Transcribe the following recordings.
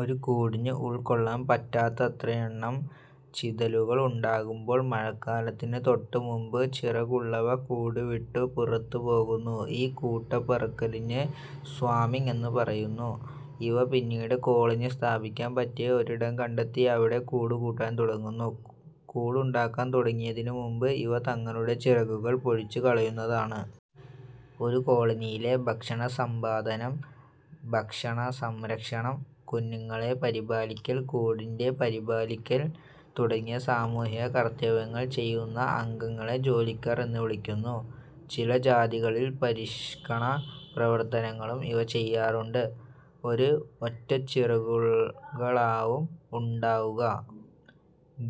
ഒരു കൂടിനു ഉൾക്കൊള്ളാൻ പറ്റാത്തത്രയെണ്ണം ചിതലുകൾ ഉണ്ടാകുമ്പോൾ മഴക്കാലത്തിനു തൊട്ടുമുമ്പ് ചിറകുള്ളവ കൂടുവിട്ടു പുറത്തു പോകുന്നു. ഈ കൂട്ടപ്പറക്കലിന് ''സ്വാമിങ്'' എന്നു പറയുന്നു. ഇവ പിന്നീട് കോളനി സ്ഥാപിക്കാൻ പറ്റിയ ഒരിടം കണ്ടെത്തി അവിടെ കൂടുണ്ടാക്കാൻ തുടങ്ങുന്നു. കൂടുണ്ടാക്കാൻ തുടങ്ങിയതിനു മുമ്പ് ഇവ തങ്ങളുടെ ചിറകുകൾ പൊഴിച്ചു കളയുന്നതാണ്. ഒരു കോളനിയിലെ ഭക്ഷണ സമ്പാദനം, ഭക്ഷണ സംരക്ഷണം, കുഞ്ഞുങ്ങളെ പരിപാലിക്കൽ, കൂടിന്റെ പരിപാലിക്കൽ തുടങ്ങിയ സാമൂഹിക കർത്തവ്യങ്ങൾ ചെയ്യുന്ന അംഗങ്ങളെ ജോലിക്കാർ എന്നു വിളിക്കുന്നു. ചില ജാതികളിൽ പരിഷ്കണ പ്രവർത്തനങ്ങളും ഇവ ചെയ്യാറുണ്ട്. ഒരു ഒറ്റച്ചിറകുകളാവും ഉണ്ടാവുക.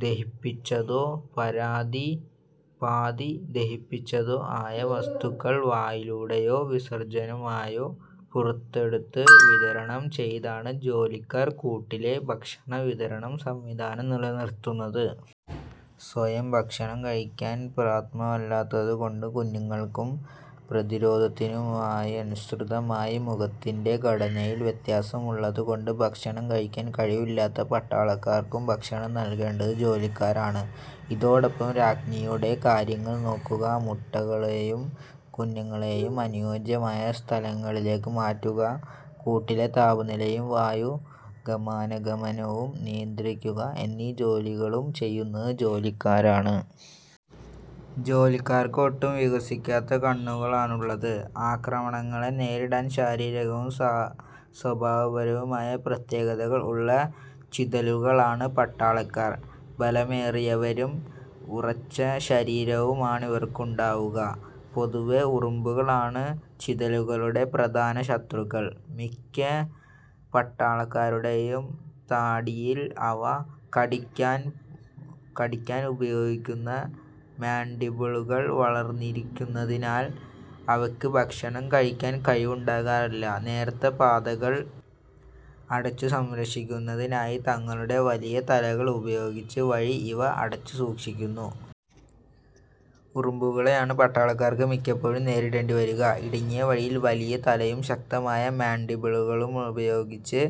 ദഹിപ്പിച്ചതോ പരാതി പാതി ദഹിപ്പിച്ചതോ ആയ വസ്തുക്കൾ വായിലൂടെയോ വിസർജ്ജ്യനമായോ പുറത്തെടുത്ത് വിതരണം ചെയ്താണ് ജോലിക്കാർ കൂട്ടിലെ ഭക്ഷണ വിതരണം സംവിധാനം നിലനിർത്തുന്നത്. സ്വയം ഭക്ഷണം കഴിക്കാൻ പ്രാത്മല്ലാത്തതുകൊണ്ട് കുഞ്ഞുങ്ങൾക്കും, പ്രതിരോധത്തിനനുസൃതമായി മുഖത്തിന്റെ ഘടനയിൽ വ്യത്യാസമുള്ളതുകൊണ്ട് ഭക്ഷണം കഴിക്കാൻ കഴിവില്ലാത്ത പട്ടാളക്കാർക്കും ഭക്ഷണം നൽകേണ്ടത് ജോലിക്കാരാണ്. ഇതോടൊപ്പം രാജ്ഞിയുടെ കാര്യങ്ങൾ നോക്കുക, മുട്ടകളേയും കുഞ്ഞുങ്ങളേയും അനുയോജ്യമായ സ്ഥലങ്ങളിലേയ്ക്ക് മാറ്റുക, കൂട്ടിലെ താപനിലയും വായൂ ഗമനാഗമനവും നിയന്ത്രിക്കുക എന്നീ ജോലികളും ചെയ്യുന്നത് ജോലിക്കാരാണ്. ജോലിക്കാർക്ക് ഒട്ടും വികസിക്കാത്ത കണ്ണുകളാണുള്ളത്. ആക്രമണങ്ങളെ നേരിടാൻ ശാരീരികവും സ്വഭാവപരവുമായ പ്രത്യേകതകൾ ഉള്ള ചിതലുകളാണ് പട്ടാളക്കാർ. ബലമേറിയവരും ഉറച്ചശരീരവുമാണിവയ്ക്കുണ്ടാവുക. പൊതുവേ ഉറുമ്പുകളാണ് ചിതലുകളുടെ പ്രധാന ശത്രുക്കൾ. മിക്ക പട്ടാളക്കാരുടേയും താടിയിൽ അവ കടിക്കാനുപയോഗിക്കുന്ന മാൻഡിബിളുകൾ വളർന്നിരിക്കുന്നതിനാൽ അവയ്ക്ക് ഭക്ഷണം കഴിയ്ക്കാൻ കഴിവുണ്ടാകതില്ല. നേർത്ത പാതകൾ അടച്ചുസംരക്ഷിക്കുന്നതിനായി തങ്ങളുടെ വലിയ തലകൾ ഉപയോഗിച്ച് വഴി ഇവ അടച്ചു സൂക്ഷിക്കുന്നു. ഉറുമ്പുകളെയാണ് പട്ടാളക്കാർക്ക് മിക്കപ്പോഴും നേരിടേണ്ടിവരിക. ഇടുങ്ങിയ വഴിയിൽ വലിയ തലയും ശക്തമായ മാൻഡിബിളുകളുമുപയോഗിച്ച്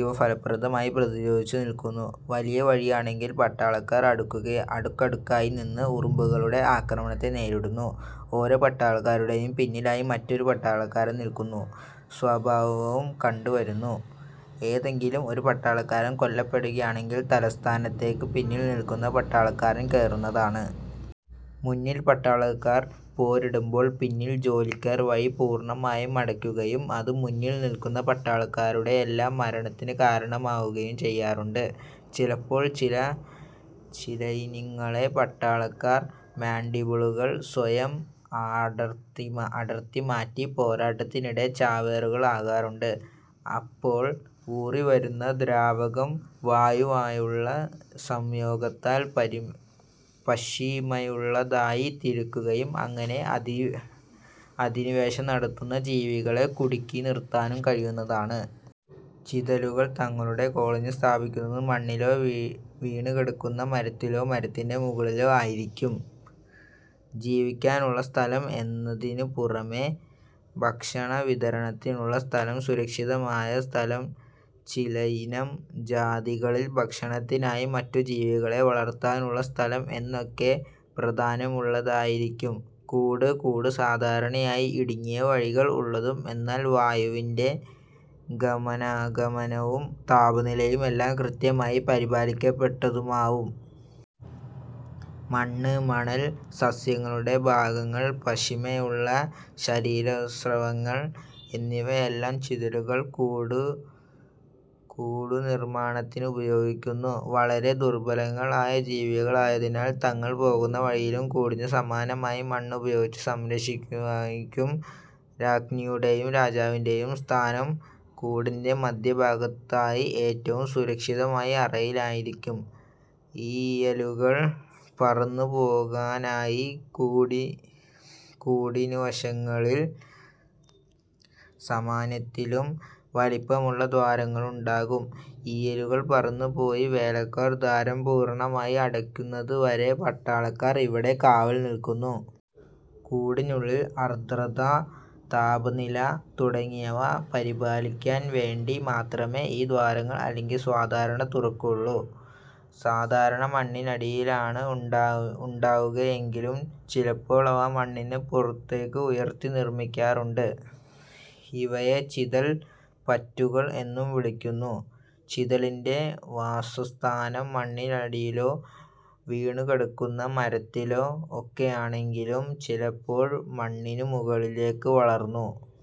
ഇവ ഫലപ്രദമായി പ്രതിരോധിച്ചു നിൽക്കുന്നു. വലിയ വഴിയാണെങ്കിൽ പട്ടാളക്കാർ അടുക്കടുക്കായി നിന്ന് ഉറുമ്പുകളുടെ ആക്രമണത്തെ നേരിടുന്നു. ഓരോ പട്ടാളക്കാരുടെയും പിന്നിലായി മറ്റൊരു പട്ടാളക്കാരൻ നിൽക്കുന്നു സ്വഭാവവും കണ്ടു വരുന്നു. ഏതെങ്കിലും ഒരു പട്ടാളക്കാരൻ കൊല്ലപ്പെടുകയാണെങ്കിൽ തത്സ്ഥാനത്തേയ്ക്ക് പിന്നിൽ നിൽക്കുന്ന പട്ടാളക്കാരൻ കയറുന്നതാണ്. മുന്നിൽ പട്ടാളക്കാർ പോരാടുമ്പോൾ പിന്നിൽ ജോലിക്കാർ വഴി പൂർണ്ണമായും അടയ്ക്കുകയും അത് മുന്നിൽ നിൽക്കുന്ന പട്ടാളക്കാരുടെയെല്ലാം മരണത്തിനു കാരണമാവുകയും ചെയ്യാറുണ്ട്. ചിലപ്പോൾ ചിലയിനങ്ങളിലെ പട്ടാളക്കാർ മാൻഡിബിളുകൾ സ്വയം അടർത്തിമാറ്റി പോരാട്ടത്തിനിടെ ചാവേറുകൾ ആകാറുണ്ട്. അപ്പോൾ ഊറിവരുന്ന ദ്രാവകം വായുവുമായുള്ള സംയോഗത്താൽ പശിമയുള്ളതായി തീർകുകയും അങ്ങനെ അധിനിവേശം നടത്തുന്ന ജീവികളെ കുടുക്കി നിർത്താനും കഴിയുന്നതാണ്. ചിതലുകൾ തങ്ങളുടെ കോളനി സ്ഥാപിക്കുന്നത്, മണ്ണിലോ, വീണുകിടക്കുന്ന മരത്തിലോ, മരത്തിന്റെ മുകളിലോ ആയിരിക്കും. ജീവിക്കാനുള്ള സ്ഥലം എന്നതിനു പുറമേ ഭക്ഷണവിതരണത്തിനുള്ള സ്ഥലം, സുരക്ഷിതമായ സ്ഥലം, ചിലയിനം ജാതികളിൽ ഭക്ഷണത്തിനായി മറ്റു ജീവികളെ വളർത്താനുള്ള സ്ഥലം എന്നൊക്കെ പ്രാധാനമുള്ളതായിരിക്കും കൂട്. കൂട് സാധാരണയായി ഇടുങ്ങിയ വഴികൾ ഉള്ളതും എന്നാൽ വായുവിന്റെ ഗമനാഗമനവും താപനിലയുമെല്ലാം കൃത്യമായി പരിപാലിക്കപ്പെട്ടതുമാവും. മണ്ണ്, മണൽ, സസ്യങ്ങളുടെ ഭാഗങ്ങൾ, പശിമയുള്ള ശരീരസ്രവങ്ങൾ എന്നിവയെല്ലാം ചിതലുകൾ കൂടുനിർമ്മാണത്തിനുപയോഗിക്കുന്നു. വളരെ ദുർബലങ്ങളായ ജീവികളായതിനാൽ തങ്ങൾ പോകുന്ന വഴികളും കൂടിനു സമാനമായി മണ്ണുപയോഗിച്ച് സംരക്ഷിച്ചവയായിരിക്കും. രാജ്ഞിയുടേയും രാജാവിന്റെയും സ്ഥാനം കൂടിന്റെ മദ്ധ്യഭാഗത്തായി ഏറ്റവും സുരക്ഷിതമായ അറയിലായിരിക്കും. ഈയലുകൾ പറന്നു പോകാനായി കൂടിനുവശങ്ങളിൽ സമാന്യത്തിലും വലിപ്പമുള്ള ദ്വാരങ്ങളുണ്ടാകും, ഈയലുകൾ പറന്നു പോയി വേലക്കാർ ദ്വാരം പൂർണ്ണമായി അടയ്ക്കുന്നതുവരെ പട്ടാളക്കാർ ഇവിടെ കാവൽ നിൽക്കുന്നു. കൂടിനുള്ളിൽ അർദ്രത, താപനില തുടങ്ങിയവ പരിപാലിക്കാൻ വേണ്ടി മാത്രമേ ഈ ദ്വാരങ്ങൾ അല്ലെങ്കിൽ സാധാരണ തുറക്കാറുള്ളു. സാധാരണ മണ്ണിനടിയിലാണ് ഉണ്ടാവുകയെങ്കിലും ചിലപ്പോളവ മണ്ണിനു പുറത്തെയ്ക്ക് ഉയർത്തി നിർമ്മിക്കാറുണ്ട്. ഇവയെ ചിതൽ പറ്റുകൾ എന്നും വിളിക്കുന്നു. ചിതലിന്റെ വാസസ്ഥാനം മണ്ണിനടിയിലോ വീണുകിടക്കുന്ന മരത്തിലോ ഒക്കെയാണെങ്കിലും ചിലപ്പോഴ് മണ്ണിനു മുകളിലേയ്ക്ക് വളർന്നു